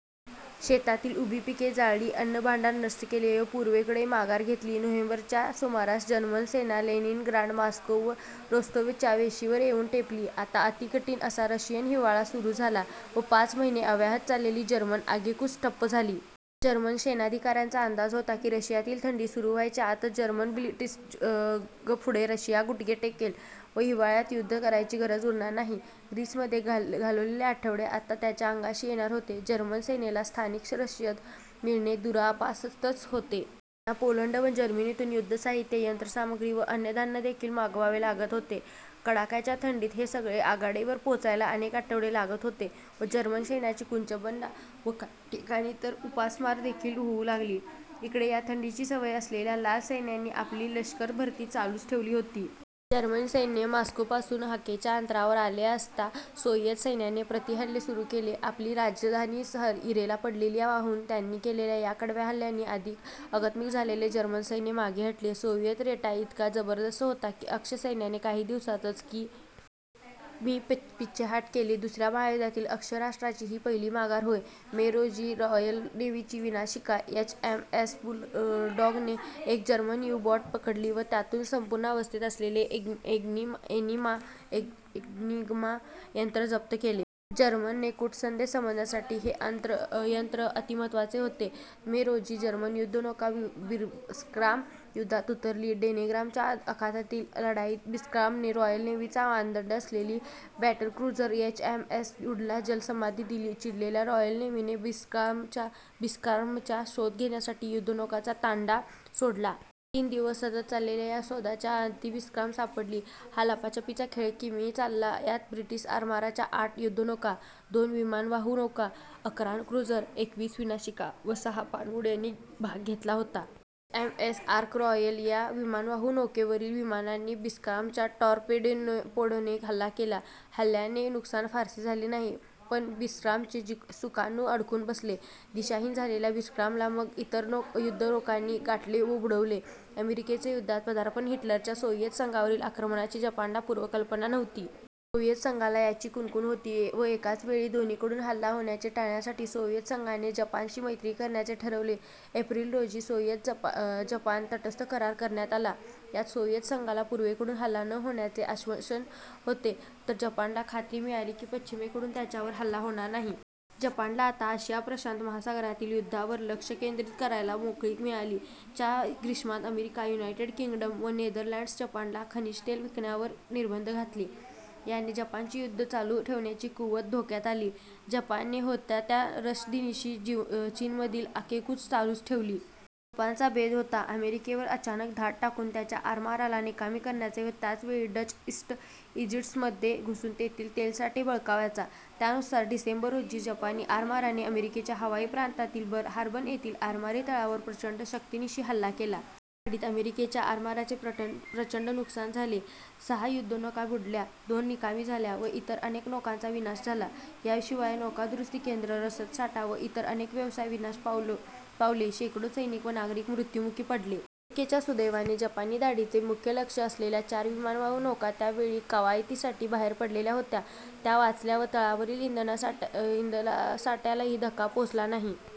शेतातील उभी पिके जाळली, अन्नभांडार नष्ट केले व पूर्वेकडे माघार घेतली. नोव्हेंबर च्या सुमारास जर्मन सेना लेनिनग्राड, मॉस्को व रोस्तोव्हच्या वेशीवर येऊन ठेपली. आता अतिकठीण असा रशियन हिवाळा सुरू झाला व पाच महिने अव्याहत चाललेली जर्मन आगेकूच ठप्प झाली. जर्मन सेनाधिकाऱ्यांचा अंदाज होता की रशियातील थंडी सुरू व्हायच्या आतच जर्मन ब्लिट्झक्रीगपुढे रशिया गुडघे टेकेल व हिवाळ्यात युद्ध करायची गरजच उरणार नाही. ग्रीसमध्ये घालवलेले आठवडे आता त्यांच्या अंगाशी येणार होते. जर्मन सेनेला स्थानिक रसद मिळणे दुरापास्तच होते. त्यांना पोलंड व जर्मनीतून युद्धसाहित्य, यंत्रसामग्री व अन्न-धान्यदेखील मागवावे लागत होते. कडाक्याच्या थंडीत हे सगळे आघाडीवर पोचायला अनेक आठवडे लागत होते व जर्मन सैन्याची कुचंबणा व काही ठिकाणी तर उपासमारदेखील होऊ लागली. इकडे या थंडीची सवय असलेल्या लाल सैन्याने आपली लश्करभरती चालूच ठेवली होती. जर्मन सैन्य मॉस्कोपासून हाकेच्या अंतरावर आले असता सोव्हिएत सैन्याने प्रतिहल्ले सुरू केले. आपली राजधानीच इरेला पडलेली पाहून त्यांनी केलेल्या या कडव्या हल्ल्यांनी आधीच अगतिक झालेले जर्मन सैन्य मागे हटले. सोव्हिएत रेटा इतका जबरदस्त होता की अक्ष सैन्याने काही दिवसातच - कि. मी. पीछेहाट केली. दुसऱ्या महायुद्धातील अक्ष राष्ट्रांची ही पहिली माघार होय. मे, रोजी रॉयल नेव्हीची विनाशिका एच. एम. एस. बुलडॉगने एक जर्मन यू-बोट पकडली व त्यातून संपूर्णावस्थेत असलेले एनिग्मा यंत्र जप्त केले. जर्मनीचे कूटसंदेश समजण्यासाठी हे यंत्र अतिमहत्त्वाचे होते. मे रोजी जर्मन युद्धनौका बिस्मार्क युद्धात उतरली. डेन्मार्कच्या अखातातील लढाईत बिस्मार्कने रॉयल नेव्हीचा मानदंड असलेली बॅटलक्रुझर एच. एम. एस. हूडला जलसमाधी दिली. चिडलेल्या रॉयल नेव्हीने बिस्मार्कचा शोध घेण्यासाठी युद्धनौकांचा तांडा सोडला. तीन दिवस सतत चाललेल्या या शोधाच्या अंती बिस्मार्क सापडली. हा लपाछपीचा खेळ कि. मी. चालला. यात ब्रिटिश आरमाराच्या आठ युद्धनौका, दोन विमानवाहू नौका, अकरा क्रुझर, एकवीस विनाशिका व सहा पाणबुड्यांनी भाग घेतला होता. H. M. S. Ark Royal या विमानवाहू नौकेवरील विमानांनी बिस्मार्कवर टॉरपेडोने हल्ला केला. हल्ल्याने नुकसान फारसे झाले नाही पण बिस्मार्कचे सुकाणू अडकून बसले. दिशाहीन झालेल्या बिस्मार्कला मग इतर युद्धनौकांनी गाठले व बुडवले. अमेरिकेचे युद्धात पदार्पण हिटलरच्या सोव्हिएत संघावरील आक्रमणाची जपानला पूर्वकल्पना नव्हती. सोव्हिएत संघाला याची कुणकुण होती व एकाचवेळी दोन्हीकडून हल्ला होण्याचे टाळण्यासाठी सोव्हिएत संघाने जपानशी मैत्री करण्याचे ठरवले. एप्रिल, रोजी सोव्हिएत-जपान तटस्थता करार करण्यात आला. यात सोव्हिएत संघाला पूर्वेकडून हल्ला न होण्याचे आश्वासन होते तर जपानला खात्री मिळाली की पश्चिमेकडून त्यांच्यावर हल्ला होणार नाही. जपानला आता आशिया-प्रशांत महासागरामधील युद्धावर लक्ष केंद्रित करायला मोकळीक मिळाली. च्या ग्रीष्मात अमेरिका, युनायटेड किंग्डम व नेदरलँड्सने जपानला खनिजतेल विकण्यावर निर्बंध घातले. याने जपानची युद्ध चालू ठेवण्याची कुवत धोक्यात आली. जपानने होत्या त्या रसदीनिशी चीनमधील आगेकूच चालूच ठेवली. जपानचा बेत होता अमेरिकेवर अचानक धाड टाकून त्यांच्या आरमाराला निकामी करायचे व त्याच वेळी डच ईस्ट ईंडीझमध्ये घुसून तेथील तेलसाठे बळकावायचा. त्यानुसार डिसेंबर, रोजी जपानी आरमाराने अमेरिकेच्या हवाई प्रांतातील पर्ल हार्बर येथील आरमारी तळावर प्रचंड शक्तीनिशी हल्ला केला. या धाडीत अमेरिकेच्या आरमाराचे प्रचंड नुकसान झाले. सहा युद्धनौका बुडाल्या, दोन निकामी झाल्या व इतर अनेक नौकांचा विनाश झाला. या शिवाय नौका-दुरूस्ती केंद्र, रसद साठा व इतर अनेक व्यवसाय विनाश पावले. शेकडो सैनिक व नागरिक मृत्युमुखी पडले. अमेरिकेच्या सुदैवाने जपानी धाडीचे मुख्य लक्ष्य असलेल्या चार विमानवाहू नौका त्या वेळी कवायतींसाठी बाहेर पडलेल्या होत्या त्या वाचल्या व तळावरील इंधनसाठ्यालाही धक्का पोचला नाही.